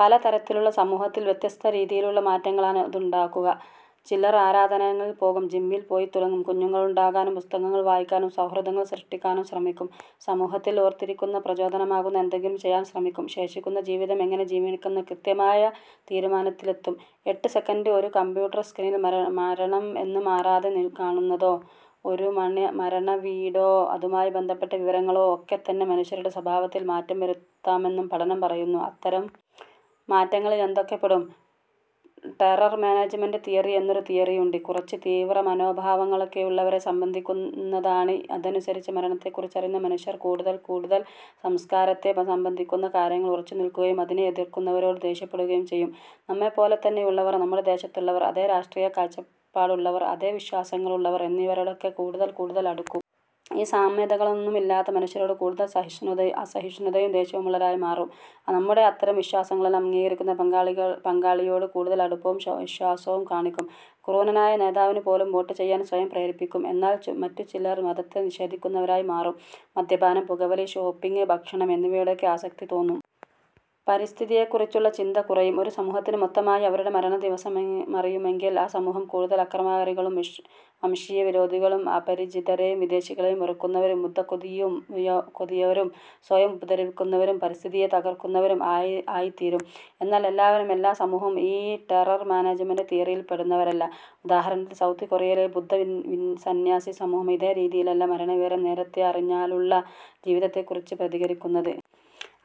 പലതരത്തിലുള്ള സമൂഹത്തിൽ വ്യത്യസ്തരീതിയിലുള്ള മാറ്റങ്ങളാണ് അതുണ്ടാക്കുക. ചിലർ ആരാധനാലയങ്ങളിൽ പോകും, ജിമ്മിൽ പോയിത്തുടങ്ങും, കുഞ്ഞുങ്ങളുണ്ടാകാനും പുസ്തകങ്ങൾ വായിക്കാനും സൗഹൃദങ്ങൾ സൃഷ്ടിക്കാനും ശ്രമിക്കും. സമൂഹത്തിൽ ഓർത്തിരിക്കുന്ന, പ്രചോദനമാകുന്ന എന്തെങ്കിലും ചെയ്യാൻ ശ്രമിക്കും. ശേഷിക്കുന്ന ജീവിതം എങ്ങനെ ജീവിക്കണമെന്ന കൃത്യമായ തീരുമാനത്തിലെത്തും. എട്ട് സെക്കൻഡ് ഒരു കമ്പ്യൂട്ടർ സ്ക്രീനിൽ മരണം മരണം എന്ന് മാറാതെ കാണുന്നതോ, ഒരു മരണ മരണവീടോ അതുമായി ബന്ധപ്പെട്ട വിവരങ്ങളോ ഒക്കെത്തന്നെ മനുഷ്യരുടെ സ്വഭാവത്തിൽ മാറ്റം വരുത്താമെന്നും പഠനം പറയുന്നു. അത്തരം മാറ്റങ്ങളിൽ എന്തൊക്കെ പെടും. ടെറർ മാനേജ്മെന്റ് തിയറി എന്നൊരു തിയറിയുണ്ട്. കുറച്ച് തീവ്രമനോഭാവമൊക്കെയുള്ളവരെ സംബന്ധിക്കുന്നതാണ്. അതനുസരിച്ച് മരണത്തെക്കുറിച്ചറിയുന്ന മനുഷ്യർ കൂടുതൽ കൂടുതൽ സംസ്കാരത്തെ സംബന്ധിക്കുന്ന കാര്യങ്ങളിൽ ഉറച്ചുനിൽക്കുകയും അതിനെ എതിർക്കുന്നവരോട് ദേഷ്യപ്പെടുകയും ചെയ്യും. നമ്മെപ്പോലെത്തന്നെയുള്ളവർ, നമ്മുടെ ദേശത്തുള്ളവർ, അതേ രാഷ്ട്രീയ കാഴ്ചപ്പാടുള്ളവർ, അതേ വിശ്വാസങ്ങളുള്ളവർ എന്നിവരോടൊക്കെ കൂടുതൽ കൂടുതൽ അടുക്കും. ഈ സാമ്യതകളൊന്നുമില്ലാത്ത മനുഷ്യരോട് കൂടുതൽ അസഹിഷ് അസഹിഷ്ണുതയും ദേഷ്യവുമുള്ളവരായി മാറും. നമ്മുടെ ഇത്തരം വിശ്വാസങ്ങളെല്ലാം അംഗീകരിക്കുന്ന പങ്കാളിയോട് കൂടുതൽ അടുപ്പവും വിശ്വാസവും കാണിക്കും. ക്രൂരനായ നേതാവിനു പോലും വോട്ട് ചെയ്യാൻ സ്വയം പ്രേരിപ്പിക്കും. എന്നാൽ മറ്റുചിലർ മതത്തെ നിഷേധിക്കുന്നവരായി മാറും. മദ്യപാനം, പുകവലി, ഷോപ്പിങ്, ഭക്ഷണം എന്നിവയോടൊക്കെ ആസക്തി തോന്നും. പരിസ്ഥിതിയെക്കുറിച്ചുള്ള ചിന്ത കുറയും. ഒരു സമൂഹത്തിന് മൊത്തമായി അവരുടെ മരണദിവസമറിയുമെങ്കിൽ ആ സമൂഹം കൂടുതൽ അക്രമകാരികളും വംശീയവിരോധികളും അപരിചിതരെയും വിദേശികളെയും വെറുക്കുന്നവരും യുദ്ധക്കൊതിയരും സ്വയം ഉപദ്രവിക്കുന്നവരും പരിസ്ഥിതിയെ തകർക്കുന്നവരും ആയിത്തീരും. എന്നാൽ എല്ലാവരും, എല്ലാ സമൂഹവും ഈ ടെറർ മാനേജ്മെന്റ് തിയറിയിൽ പെടുന്നവരല്ല. ഉദാഹരണത്തിന്, സൗത്ത് കൊറിയയിലെ ബുദ്ധ സന്യാസി സമൂഹം ഇതേ രീതിയിലല്ല മരണവിവരം നേരത്തെ അറിഞ്ഞാലുള്ള ജീവിതത്തെക്കുറിച്ച് പ്രതികരിക്കുന്നത്.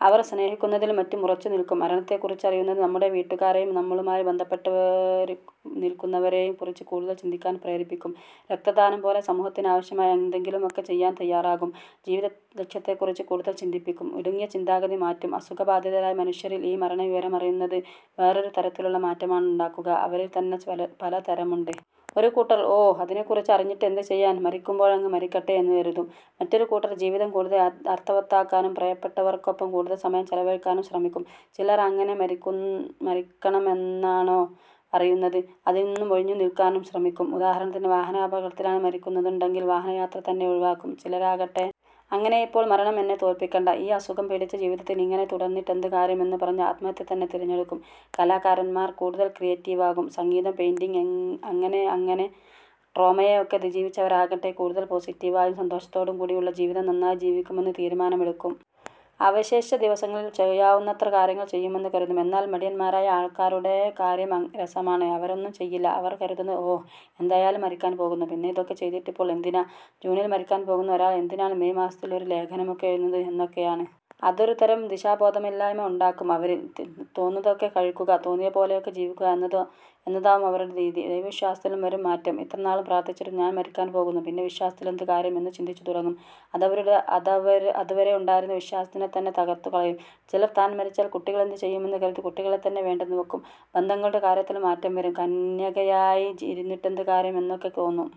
അവർ സ്നേഹിക്കുന്നതിലും മറ്റും ഉറച്ചുനിൽക്കും. മരണത്തെക്കുറിച്ചറിയുന്നത് നമ്മുടെ വീട്ടുകാരെയും നമ്മളുമായി ബന്ധപ്പെട്ടുനിൽക്കുന്നവരെയും കുറിച്ച് കൂടുതൽ ചിന്തിക്കാൻ പ്രേരിപ്പിക്കും. രക്തദാനം പോലെ സമൂഹത്തിനാവശ്യമായ എന്തെങ്കിലുമൊക്കെ ചെയ്യാൻ തയ്യാറാകും. ജീവിതലക്ഷ്യത്തെക്കുറിച്ച് കൂടുതൽ ചിന്തിപ്പിക്കും. ഇടുങ്ങിയ ചിന്താഗതി മാറ്റും. അസുഖബാധിതരായ മനുഷ്യരിൽ ഈ മരണവിവരമറിയുന്നത് വേറൊരു തരത്തിലുള്ള മാറ്റമാണുണ്ടാക്കുക. ഇവരിൽ തന്നെ പലതരമുണ്ട്. ഒരു കൂട്ടർ ഓ, അതിനെക്കുറിച്ച് അറിഞ്ഞിട്ട് എന്ത് ചെയ്യാൻ, മരിക്കുമ്പോഴങ്ങ് മരിക്കട്ടെ എന്ന് കരുതും. മറ്റൊരു കൂട്ടർ ജീവിതം കൂടുതൽ അർഥവത്താക്കാനും പ്രിയപ്പെട്ടവർക്കൊപ്പം കൂടുതൽ സമയം ചെലവഴിക്കാനും ശ്രമിക്കും. ചിലർ എങ്ങനെ മരിക്കണമേ മരിക്കുമെന്നാണോ അറിയുന്നത്, അതിൽനിന്നും ഒഴിഞ്ഞുനിൽക്കാനും ശ്രമിക്കും. ഉദാഹരണത്തിന്, വാഹനാപകടത്തിലാണ് മരിക്കുന്നതെന്നുണ്ടെങ്കിൽ വാഹനയാത്ര തന്നെ ഒഴിവാക്കും. ചിലരാകട്ടെ, അങ്ങനെയിപ്പോൾ മരണം എന്നെ തോൽപ്പിക്കണ്ട. ഈ അസുഖം പിടിച്ച ജീവിതത്തിൽ ഇങ്ങനെ തുടർന്നിട്ടെന്ത് കാര്യം എന്ന് പറഞ്ഞ് ആത്മഹത്യ തന്നെ തിരഞ്ഞെടുക്കും. കലാകാരന്മാർ കൂടുതൽ ക്രിയേറ്റീവാകും. സംഗീതം, പെയിന്റിങ് അങ്ങനെ അങ്ങനെ. ട്രോമയെ ഒക്കെ അതിജീവിച്ചവരാകട്ടെ കൂടുതൽ പോസിറ്റീവായും സന്തോഷത്തോടും കൂടി ഉള്ള ജീവിതം നന്നായി ജീവിക്കുമെന്ന് തീരുമാനമെടുക്കും. അവശേഷിച്ച ദിവസങ്ങളിൽ ചെയ്യാവുന്നത്ര കാര്യങ്ങൾ ചെയ്യുമെന്ന് കരുതും. എന്നാൽ മടിയന്മാരായ ആൾക്കാരുടെ കാര്യം രസമാണ്. അവരൊന്നും ചെയ്യില്ല. അവർ കരുതുന്നത്, ഓഹ്, എന്തായാലും മരിക്കാൻ പോകുന്നു. പിന്നെ ഇതൊക്കെ ചെയ്തിട്ടിപ്പോൾ എന്തിനാ. ജൂണിൽ മരിക്കാൻ പോകുന്ന ഒരാൾ എന്തിനാണ് മേയ് മാസത്തിൽ ഒരു ലേഖനമൊക്കെ എഴുതുന്നത് എന്നൊക്കെയാണ്. അതൊരുതരം ദിശാബോധമില്ലായ്മ ഉണ്ടാക്കും അവരിൽ. തോന്നുന്നതൊക്കെ കഴിക്കുക, തോന്നിയപോലെയൊക്കെ ജീവിക്കുക എന്നതാവും അവരുടെ രീതി. ദൈവവിശ്വാസത്തിലും വരും മാറ്റം. ഇത്രനാളും പ്രാർഥിച്ചിട്ടും ഞാൻ മരിക്കാൻ പോകുന്നു. പിന്നെ വിശ്വാസത്തിലെന്ത് കാര്യം എന്ന് ചിന്തിച്ചുതുടങ്ങും. അതവരുടെ അതുവരെ ഉണ്ടായിരുന്ന വിശ്വാസത്തെത്തന്നെ തകർത്തുകളയും. ചിലർ താൻ മരിച്ചാൽ കുട്ടികളെന്ത് ചെയ്യുമെന്ന് കരുതി കുട്ടികളെ തന്നെ വേണ്ടെന്നുവയ്ക്കും. ബന്ധങ്ങളുടെ കാര്യത്തിലും മാറ്റം വരും. കന്യകയായി ഇരുന്നിട്ടെന്ത് കാര്യം എന്നൊക്കെ തോന്നും.